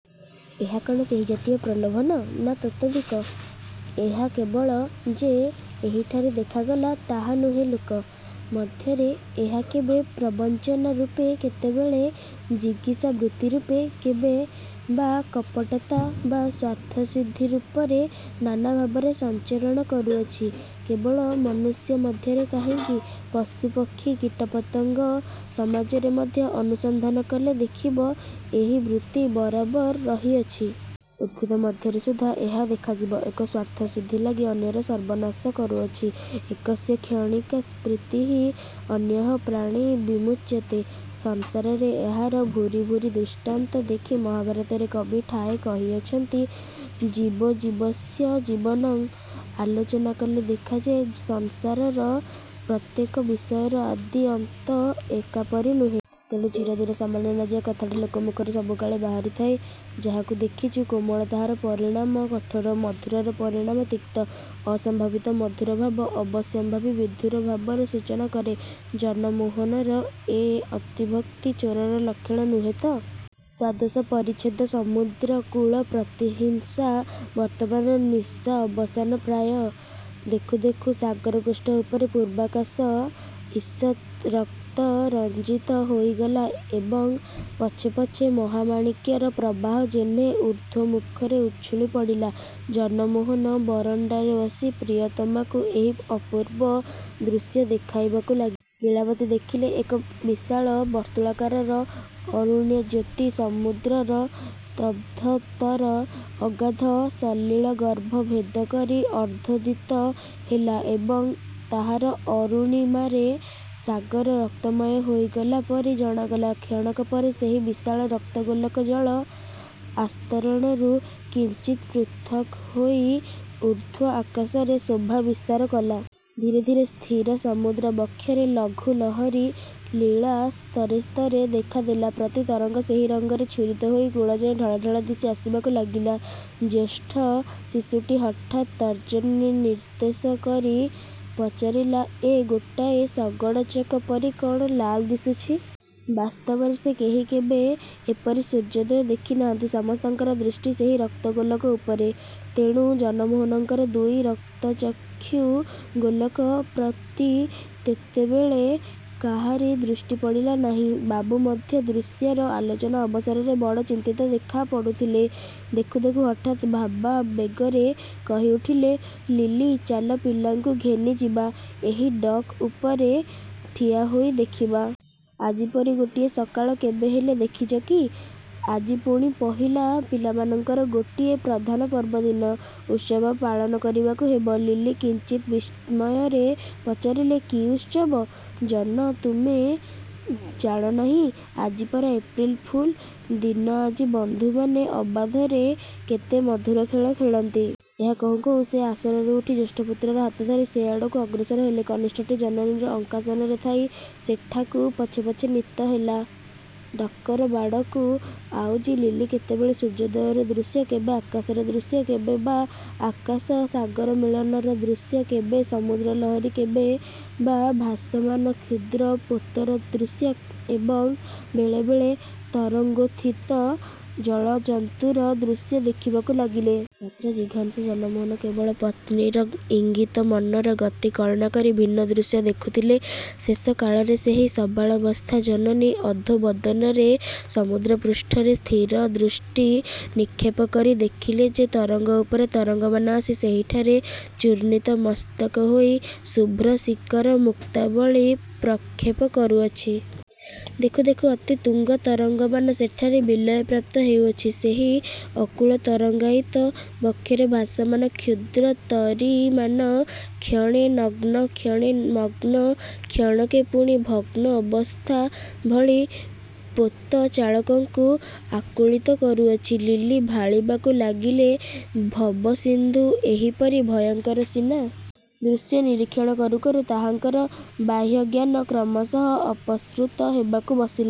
ଏହା କଣ ସେହି ଜାତୀୟ ପ୍ରଲୋଭନ? ନା ତତୋଽଧିକ! ଏହା କେବଳ ଯେ ଏହିଠାରେ ଦେଖା ଗଲା, ତାହା ନୁହେଁ; ଲୋକ। ମଧ୍ୟରେ ଏହା କେବେ ପ୍ରବଞ୍ଚନା-ରୂପେ କେତେବେଳେ ଜିଗୀଷାବୃତ୍ତିରୂପେ କେବେ ବା କପଟତା ବା ସ୍ୱାର୍ଥସିଦ୍ଧି ରୂପରେ ନାନା ଭାବରେ ସଞ୍ଚରଣ କରୁଅଛି। କେବଳ ମନୁଷ୍ୟ ମଧ୍ୟରେ କାହିଁକି, ପଶୁ ପକ୍ଷୀ କୀଟ ପତଙ୍ଗ ସମାଜରେ ମଧ୍ୟ ଅନୁସନ୍ଧାନ କଲେ ଦେଖିବ, ଏହି ବୃତ୍ତି ବରାବର ରହିଅଛି। ଉଦ୍ଭିଦ ମଧ୍ୟରେ ସୁଦ୍ଧା ଏହା ଦେଖାଯିବ। ଏକ ସ୍ୱାର୍ଥସିଦ୍ଧିଲାଗି ଅନ୍ୟର ସର୍ବନାଶ କରୁଅଛି! 'ଏକସ୍ୟ କ୍ଷଣିକା ପ୍ରୀତିଃ ଅନ୍ୟଃ ପ୍ରାଣୈ ର୍ବିମୁଚ୍ୟତେ। ' ସଂସାରରେ ଏହାର ଭୂରି ଭୂରି ଦୃଷ୍ଟାନ୍ତ ଦେଖି ମହାଭାରତରେ କବି ଠାଏ କହିଅଛନ୍ତି 'ଜୀବୋଜୀବସ୍ୟ ଜୀବନଂ'। ଆଲୋଚନା କଲେ ଦେଖାଯାଏ, ସଂସାରର ପ୍ରତ୍ୟେକ ବିଷୟର ଆଦି ଅନ୍ତ ଏକା ପରି ନୁହେଁ। ତେଣୁ 'ଚିରଦିନ ସମାନ ନ ଯା'ଏ କଥାଟା ଲୋକମୁଖରୁ ସବୁ କାଳେ ବାହାରି ଥାଏ। ଯାହାକୁ ଦେଖିଛୁ କୋମଳ ତାହାର ପରିଣାମ କଠୋର। ମଧୁରର ପରିଣାମ ତିକ୍ତ। ଅସମ୍ଭାବିତ ମଧୁର ଭାବ ଅବଶ୍ୟମ୍ଭାବୀ ବିଧୁର ଭାବର ସୂଚନା କରେ। ଜନମୋହନର ଏ ଅତିଭକ୍ତି ଚୋରର ଲକ୍ଷଣ ନୁହେଁ ତ? ଦ୍ୱାଦଶ ପରିଚ୍ଛେଦ ସମୁଦ୍ର କୂଳ-ପ୍ରତିହିଂସା ବର୍ତ୍ତମାନ ନିଶା ଅବସାନ ପ୍ରାୟ। ଦେଖୁ ଦେଖୁ ସାଗରପୃଷ୍ଠ ଉପରେ ପୂର୍ବାକାଶ ଇଷତ୍ ରକ୍ତରଞ୍ଜିତ ହୋଇଗଲା ଏବଂ ପଛେ ପଛେ ମହାମାଣିକ୍ୟର ପ୍ରବାହ ଯେହ୍ନେ ଉର୍ଦ୍ଧ୍ୱମୁଖରେ ଉଛୁଳି ପଡ଼ିଲା। ଜନମୋହନ ବରଣ୍ଡାରେ ବସି ପ୍ରିୟତମାକୁ ଏହି ଅପୂର୍ବ ଦୃଶ୍ୟ ଦେଖାଇବାକୁ ଲାଗିଲେ। ଲୀଳାବତୀ ଦେଖିଲେ, ଏକ ବିଶାଳ ବର୍ତ୍ତୁଳାକାଳର ଅରୁଣଜ୍ୟୋତି ସମୁଦ୍ରର ସ୍ତବ୍ଧତର ଅଗାଧ ସଲିଳଗର୍ଭ ଭେଦ କରି ଅର୍ଦ୍ଧୋଦିତ ହେଲା ଏବଂ ତାହାର ଅରୁଣିମାରେ ସାଗର ରକ୍ତମୟ ହୋଇଗଲା ପରି ଜଣାଗଲା। କ୍ଷଣକ ପରେ ସେହି ବିଶାଳ ରକ୍ତଗୋଲକ ଜଳ ଆସ୍ତରଣରୁ କିଞ୍ଚିତ୍ ପୃଥକ ହୋଇ ଊର୍ଦ୍ଧ୍ୱ ଆକାଶରେ ଶୋଭା ବିସ୍ତାର କଲା। ଧୀରେ ଧୀରେ ସ୍ଥିର ସମୁଦ୍ର ବକ୍ଷରେ ଲଘୁଲହରୀ ଲୀଳା ସ୍ତରେ ସ୍ତରେ ଦେଖା ଦେଲା। ପ୍ରତି ତରଙ୍ଗ ସେହି ରଙ୍ଗରେ ଛୁରିତ ହୋଇ କୂଳଯାଏ ଢଳ ଢଳ ଦିଶି ଆସିବାକୁ ଲାଗିଲା। ଜ୍ୟେଷ୍ଠ ଶିଶୁଟି ହଠାତ୍ ତର୍ଜନୀ ନିର୍ଦ୍ଦେଶ କରି ପଚାରିଲା- ଏ ଗୋଟାଏ ଶଗଡ଼ ଚକ ପରି କଣ ଲାଲ ଦିଶୁଛି? ବାସ୍ତବରେ ସେ କେହି କେବେ ଏପରି ସୂର୍ଯ୍ୟୋଦୟ ଦେଖି ନାହାନ୍ତି। ସମସ୍ତଙ୍କର ଦୃଷ୍ଟି ସେହି ରକ୍ତଗୋଲକ ଉପରେ, ତେଣୁ ଜନମୋହନଙ୍କର ଦୁଇ ରକ୍ତଚକ୍ଷୁଗୋଲକ ପ୍ରତି ତେତେବେଳେ କାହାରି ଦୃଷ୍ଟି ପଡ଼ିଲା ନାହିଁ। ବାବୁ ମଧ୍ୟ ଦୃଶ୍ୟର ଆଲୋଚନା ଅବସରରେ ବଡ଼ ଚିନ୍ତିତ ଦେଖାପଡ଼ୁଥିଲେ। ଦେଖୁ ଦେଖୁ ହଠାତ୍ ଭାବାବେଗରେ କହିଉଠିଲେ, ଲିଲି, ଚାଲ ପିଲାଙ୍କୁ ଘେନି ଯିବା, ଏହି ଡକ୍ ଉପରେ ଠିଆ ହୋଇ ଦେଖିବା। ଆଜି ପରି ଗୋଟିଏ ସକାଳ କେବେ ହେଲେ ଦେଖିଛ କି? ଆଜି ପୁଣି ପହିଲା, ପିଲାମାନଙ୍କର ଗୋଟିଏ ପ୍ରଧାନ ପର୍ବଦିନ। ଉତ୍ସବ ପାଳନ କରିବାକୁ ହେବ। ଲିଲି କିଞ୍ଚିତ୍ ବିସ୍ମୟରେ ପଚାରିଲେ ''କି ଉତ୍ସବ? '' ଜନ ତୁମ୍ଭେ ଜାଣ ନାହିଁ। ଆଜି ପରା ଏପ୍ରିଲ ଫୁଲ ଦିନ ଆଜି ବନ୍ଧୁମାନେ ଅବାଧରେ କେତେ ମଧୁର ଖେଳ ଖେଳନ୍ତି। ଏହା କହୁଁ କହୁଁ ସେ ଆସନରୁ ଉଠି ଜ୍ୟେଷ୍ଠପୁତ୍ରର ହାତ ଧରି ସେଆଡ଼କୁ ଅଗ୍ରସର ହେଲେ। କନିଷ୍ଠଟି ଜନନୀର ଅଙ୍କାସନରେ ଥାଇ ସେଠାକୁ ପଛେ ପଛେ ନୀତ ହେଲା। ଡକର ବାଡ଼କୁ ଆଉଜି ଲିଲି କେତେବେଳେ ସୂର୍ଯ୍ୟୋଦୟର ଦୃଶ୍ୟ କେବେ ଆକାଶର ଦୃଶ୍ୟ କେବେ ବା ଆକାଶ ସାଗର ମିଳନର ଦୃଶ୍ୟ କେବେ ସମୁଦ୍ରଲହରୀ କେବେ ବା ଭାସମାନ କ୍ଷୁଦ୍ରପୋତର ଦୃଶ୍ୟ ଏବଂ ବେଳେ ବେଳେ ତରଙ୍ଗୋତ୍ଥିତ ଜଳଜନ୍ତୁର ଦୃଶ୍ୟ ଦେଖିବାକୁ ଲାଗିଲେ। ମାତ୍ର ଜିଘାଂସୁ ଜନମୋହନ କେବଳ ପତ୍ନୀର ଇଙ୍ଗିତ, ମନର ଗତି କଳନା କରି ଭିନ୍ନ ଦୃଶ୍ୟ ଦେଖୁଥିଲେ। ଶେଷକାଳରେ ସେହି ସବାଳବତ୍ସା ଜନନୀ ଅଧୋବଦନରେ ସମୁଦ୍ରପୃଷ୍ଠରେ ସ୍ଥିର ଦୃଷ୍ଟି ନିକ୍ଷେପ କରି ଦେଖିଲେ ଯେ ତରଙ୍ଗ ଉପରେ ତରଙ୍ଗମାନ ଆସି ସେହିଠାରେ ଚୂର୍ଣ୍ଣିତମସ୍ତକ ହୋଇ ଶୁଭ୍ରଶୀକର ମୁକ୍ତାବଳୀ ପ୍ରକ୍ଷେପ କରୁଅଛି। ଦେଖୁ ଦେଖୁ ଅତି ତୁଙ୍ଗ ତରଙ୍ଗମାନ ସେଠାରେ ବିଲୟ ପ୍ରାପ୍ତ ହେଉଅଛି। ସେହି ଅକୂଳ ତରଙ୍ଗାୟିତ ବକ୍ଷରେ ଭାସମାନ କ୍ଷୁଦ୍ରତରୀମାନ କ୍ଷଣେ ନଗ୍ନ କ୍ଷଣେ ମଗ୍ନ କ୍ଷଣକେ ପୁଣି ଭଗ୍ନ ଅବସ୍ଥା ଭଳି ପୋତଚାଳକଙ୍କୁ ଆକୁଳିତ କରୁଅଛି। ଲିଲି ଭାଳିବାକୁ ଲାଗିଲେ, ଭବସିନ୍ଧୁ ଏହିପରି ଭୟଙ୍କର ସିନା! ଦୃଶ୍ୟ ନିରୀକ୍ଷଣ କରୁ କରୁ ତାହାଙ୍କର ବାହ୍ୟଜ୍ଞାନ କ୍ରମଶଃ ଅପସୃତ ହେବାକୁ ବସିଲା।